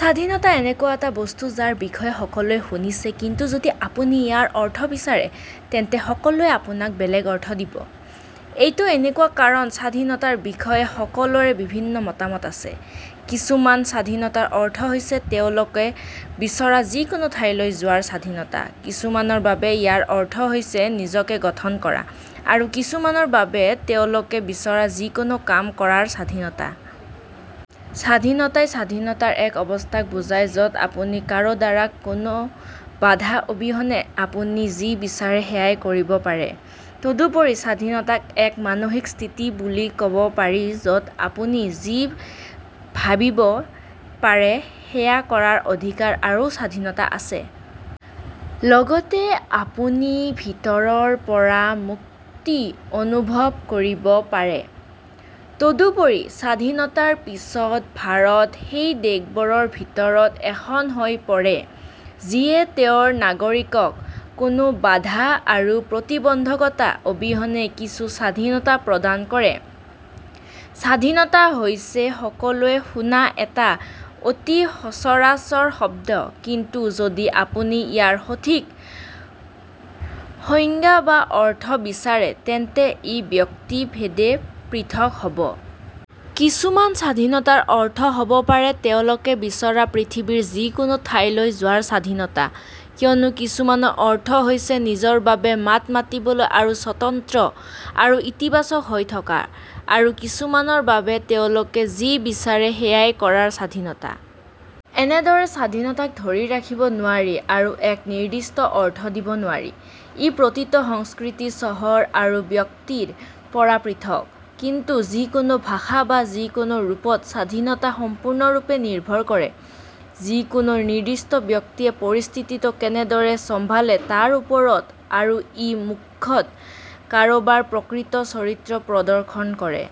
স্বাধীনতা এনেকুৱা এটা বস্তু যাৰ বিষয়ে সকলোৱে শুনিছে কিন্তু যদি আপুনি ইয়াৰ অৰ্থ বিচাৰে তেন্তে সকলোৱে আপোনাক বেলেগ অৰ্থ দিব। এইটো এনেকুৱা কাৰণ স্বাধীনতাৰ বিষয়ে সকলোৰে ভিন্ন মতামত আছে। কিছুমান স্বাধীনতাৰ অৰ্থ হৈছে তেওঁলোকে বিচৰা যিকোনো ঠাইলৈ যোৱাৰ স্বাধীনতা, কিছুমানৰ বাবে ইয়াৰ অৰ্থ হৈছে নিজকে গঠন কৰা, আৰু কিছুমানৰ বাবে, তেওঁলোকে বিচৰা যিকোনো কাম কৰাৰ স্বাধীনতা। স্বাধীনতাই স্বাধীনতাৰ এক অৱস্থাক বুজায় য'ত আপুনি কাৰো দ্বাৰা কোনো বাধা অবিহনে আপুনি যি বিচাৰে সেয়া কৰিব পাৰে। তদুপৰি, স্বাধীনতাক এক মানসিক স্থিতি বুলি ক'ব পাৰি য'ত আপুনি যি ভাবিব পাৰে সেয়া কৰাৰ অধিকাৰ আৰু স্বাধীনতা আছে। লগতে, আপুনি ভিতৰৰ পৰা মুক্তি অনুভৱ কৰিব পাৰে। তদুপৰি, স্বাধীনতাৰ পিছত ভাৰত সেই দেশবোৰৰ ভিতৰত এখন হৈ পৰে যিয়ে তেওঁৰ নাগৰিকক কোনো বাধা আৰু প্ৰতিবন্ধকতা অবিহনে কিছু স্বাধীনতা প্ৰদান কৰে। স্বাধীনতা হৈছে সকলোৱে শুনা এটা অতি সচৰাচৰ শব্দ কিন্তু যদি আপুনি ইয়াৰ সঠিক সংজ্ঞা বা অৰ্থ বিচাৰে তেন্তে ই ব্যক্তি ভেদে পৃথক হ'ব। কিছুমান স্বাধীনতাৰ অৰ্থ হ'ব পাৰে তেওঁলোকে বিচৰা পৃথিৱীৰ যিকোনো ঠাইলৈ যোৱাৰ স্বাধীনতা, কিয়নো কিছুমানৰ অৰ্থ হৈছে নিজৰ বাবে মাত মাতিবলৈ আৰু স্বতন্ত্ৰ আৰু ইতিবাচক হৈ থকা, আৰু কিছুমানৰ বাবে, তেওঁলোকে যি বিচাৰে সেয়া কৰাৰ স্বাধীনতা। এনেদৰে স্বাধীনতাক ধৰি ৰাখিব নোৱাৰি আৰু এক নিৰ্দিষ্ট অৰ্থ দিব নোৱাৰি। ই প্ৰতিটো সংস্কৃতি, চহৰ আৰু ব্যক্তিৰ পৰা পৃথক। কিন্তু যিকোনো ভাষা বা যিকোনো ৰূপত স্বাধীনতা সম্পূৰ্ণৰূপে নিৰ্ভৰ কৰে যিকোনো নিৰ্দিষ্ট ব্যক্তিয়ে পৰিস্থিতিটো কেনেদৰে চম্ভালে তাৰ ওপৰত আৰু ই মুখ্যতঃ কাৰোবাৰ প্ৰকৃত চৰিত্ৰ প্ৰদৰ্শন কৰে।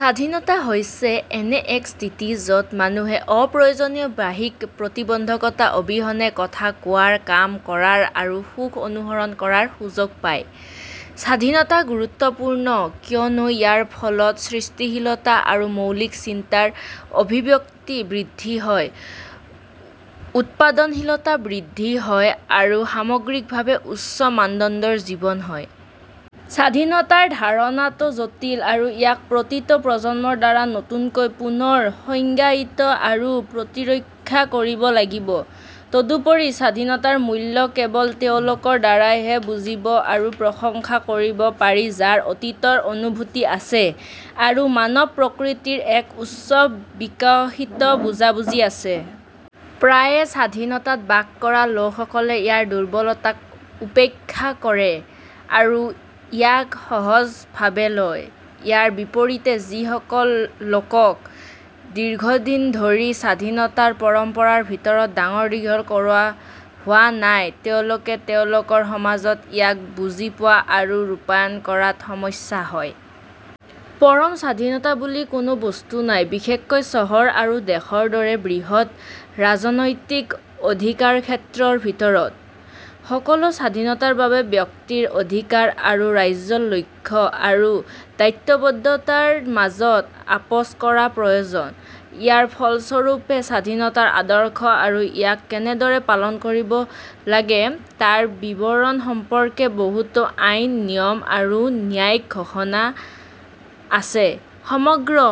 স্বাধীনতা হৈছে এনে এক স্থিতি য'ত মানুহে অপ্ৰয়োজনীয় বাহ্যিক প্ৰতিবন্ধকতা অবিহনে কথা কোৱাৰ, কাম কৰাৰ আৰু সুখ অনুসৰণ কৰাৰ সুযোগ পায়। স্বাধীনতা গুৰুত্বপূৰ্ণ কিয়নো ইয়াৰ ফলত সৃষ্টিশীলতা আৰু মৌলিক চিন্তাৰ অভিব্যক্তি বৃদ্ধি হয়, উৎপাদনশীলতা বৃদ্ধি হয়, আৰু সামগ্ৰিকভাৱে উচ্চ মানদণ্ডৰ জীৱন হয়। স্বাধীনতাৰ ধাৰণাটো জটিল, আৰু ইয়াক প্ৰতিটো প্ৰজন্মৰ দ্বাৰা নতুনকৈ পুনৰ সংজ্ঞায়িত আৰু প্ৰতিৰক্ষা কৰিব লাগিব। তদুপৰি, স্বাধীনতাৰ মূল্য কেৱল তেওঁলোকৰ দ্বাৰাহে বুজিব আৰু প্ৰশংসা কৰিব পাৰি যাৰ অতীতৰ অনুভূতি আছে আৰু মানৱ প্ৰকৃতিৰ এক উচ্চ বিকশিত বুজাবুজি আছে। প্ৰায়ে, স্বাধীনতাত বাস কৰা লোকসকলে ইয়াৰ দুৰ্বলতাক উপেক্ষা কৰে আৰু ইয়াক সহজ ভাৱে লয়। ইয়াৰ বিপৰীতে, যিসকল লোকক দীৰ্ঘদিনধৰি স্বাধীনতাৰ পৰম্পৰাৰ ভিতৰত ডাঙৰ-দীঘল কৰা হোৱা নাই, তেওঁলোকে তেওঁলোকৰ সমাজত ইয়াক বুজিপোৱা আৰু ৰূপায়ণ কৰাত সমস্যা হয়। পৰম স্বাধীনতা বুলি কোনো বস্তু নাই, বিশেষকৈ চহৰ আৰু দেশৰ দৰে বৃহৎ ৰাজনৈতিক অধিকাৰক্ষেত্ৰৰ ভিতৰত। সকলো স্বাধীনতাৰ বাবে ব্যক্তিৰ অধিকাৰ আৰু ৰাজ্যৰ লক্ষ্য আৰু দায়বদ্ধতাৰ মাজত আপোচ কৰা প্ৰয়োজন। ইয়াৰ ফলস্বৰূপে, স্বাধীনতাৰ আদৰ্শ আৰু ইয়াক কেনেদৰে পালন কৰিব লাগে তাৰ বিৱৰণ সম্পৰ্কে বহুতো আইন, নিয়ম আৰু ন্যায়িক ঘোষণা আছে। সমগ্ৰ